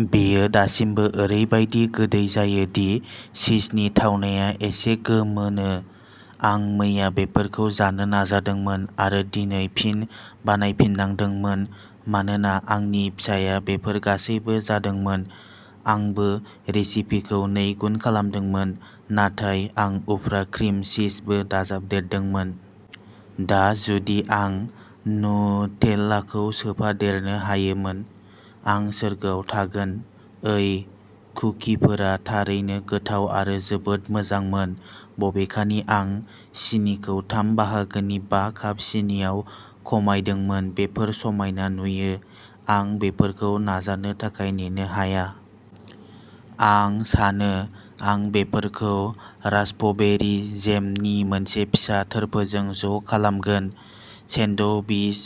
बेयो दासिमबो ओरैबादि गोदै जायो दि चीजनि थावनाया एसे गोमोनो। आं मैया बेफोरखौ जानो नाजादोंमोन आरो दिनै फिन बानायफिननांदोंमोन। मानोना आंनि फिसाया बेफोर गासैबो जादोंमोन! आंबो रेसिपिखौ नैगुन खालामदोंमोन, नाथाय आं उफ्रा क्रिम चीजबो दाजाबदेरदोंमोन। दा जुदि आं नुटेलाखौ सोफादेरनो हायोमोन। आं सोरगोआव थागोन। ओइ कुकिफोरा थारैनो गोथाव आरो जोबोद मोजांमोन। बबेखानि आं सिनिखौ थाम बाहागोनि बा काप सिनिआव खमायदोंमोन। बेफोर समायना नुयो। आं बेफोरखौ नाजानो थाखाय नेनो हाया। आं सानो आं बेफोरखौ रास्पबेरी जेमनि मोनसे फिसा थोरफोजों ज'खालामगोन सेनडविच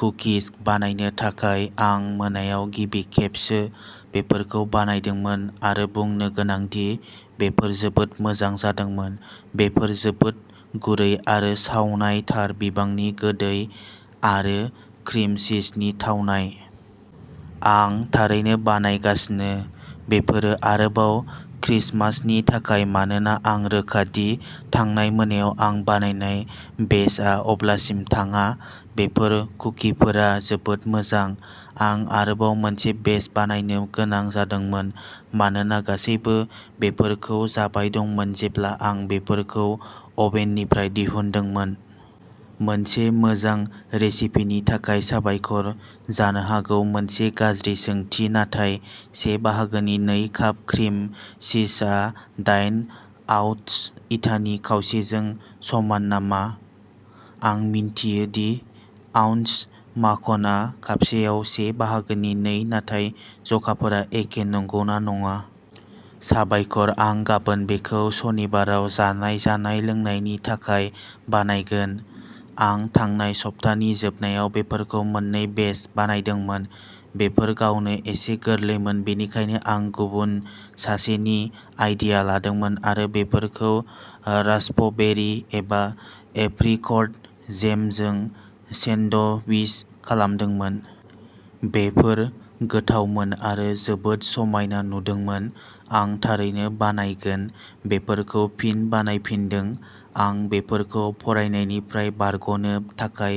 कुकिज बानायनो थाखाय। थांनाय मोनायाव गिबि खेबसो बेफोरखौ बानायदोंमोन आरो बुंनो गोनां दि बेफोर जोबोद मोजां जादोंमोन। बेफोर जोबोद गुरै आरो सावनाय थार बिबांनि गोदै आरो क्रिम चीजनि थावनाय। आं थारैनो बानायगासिनो। बेफोरो आरोबाव क्रिसमासनि थाखाय मानोना आं रोखा दि थांनाय मोनायाव आं बानायनाय बेचआ अब्लासिम थाङा। बेफोर कुकिफोरा जोबोद मोजां। आं आरोबाव मोनसे बेच बानायनो गोनां जादोंमोन मानोना गासैबो बेफोरखौ जाबाय दंमोन जेब्ला आं बेफोरखौ अभेननिफ्राय दिहुनदोंमोन। मोनसे मोजां रेसिपिनि थाखाय साबायखर! जानो हागौ मोनसे गाज्रि सोंथि-नाथाय से बाहागोनि नै काप क्रिम चीजआ दाइन आउन्स इटानि खावसेजों समान नामा? आं मिथियो ब्रै आउन्स माखनआ कापसेआव से बाहागोनि नै नाथाय जखाफोरा एखे नंगौना नङा। साबायखर आं गाबोन बेखौ सनिबाराव जानाय जानाय-लोंनायनि थाखाय बानायगोन। आं थांनाय सप्तानि जोबनायाव बेफोरखौ मोननै बेच बानायदोंमोन। बेफोर गावनो एसे गोरलैमोन। बेनिखायनो आं गुबुन सासेनि आइडिया लादोंमोन आरो बेफोरखौ रास्पबेरी एबा एप्रिकट जेमजों सेन्डविच खालामदोंमोन। बेफोर गोथावमोन आरो जोबोद समायना नुदोंमोन। आं थारैनो बानायगोन। बेफोरखौ फिन बानायफिनदों। आं बेफोरखौ फरायनायनिफ्राय बारग'नो थाखाय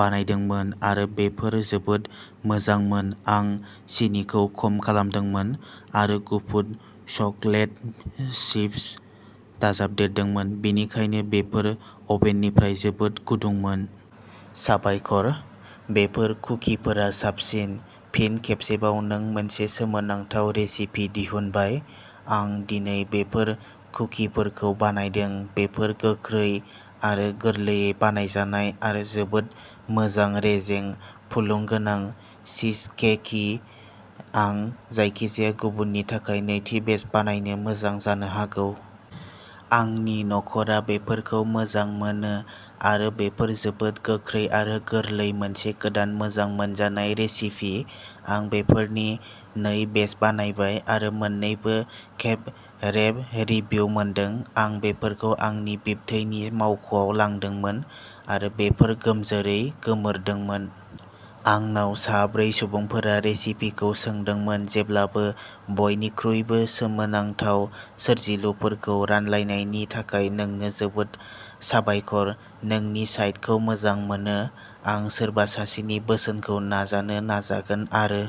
बानायदोंमोन आरो बेफोर जोबोद मोजांमोन। आं सिनिखौ खम खालामदोंमोन आरो गुफुर चकलेट चिप्स दाजाबदेरदोंमोन। बेनिखायनो बेफोर अभेननिफ्राय जोबोद गुदुंमोन। साबायखर! बेफोर कुकिफोरा साबसिन। फिन खेबसेबाव नों मोनसे सोमोनांथाव रेसिपि दिहुनबाय। आं दिनै बेफोर कुकिफोरखौ बानायदों। बेफोर गोख्रै आरो गोरलैयै बानायजानाय आरो जोबोद मोजां। रेजें, फुलुं गोनां, चीजकेकि। आं जायखिजाया गुबुननि थाखाय नैथि बेच बानायनो गोनां जानो हागौ। आंनि नखरा बेफोरखौ मोजां मोनो आरो बेफोर जोबोद गोख्रै आरो गोरलै-मोनसे गोदान मोजां मोनजानाय रेसिपि आं बेफोरनि नै बेच बानायबाय आरो मोननैबो खेब रेव रिभ्यु मोनदों। आं बेफोरखौ आंनि बिबथैनि मावख'आव लांदोंमोन आरो बेफोर गोमजोरै गोमोरदोंमोन। आंनाव सा ब्रै सुबुंफोरा रेसिपिखौ सोंदोंमोन। जेब्लाबो बयनिख्रुइबो सोमोनांथाव सोरजिलुफोरखौ रानलायनायनि थाखाय नोंनो जोबोद साबायखर। नोंनि साइटखौ मोजां मोनो। आं सोरबा सासेनि बोसोनखौ नाजानो नाजागोन आरो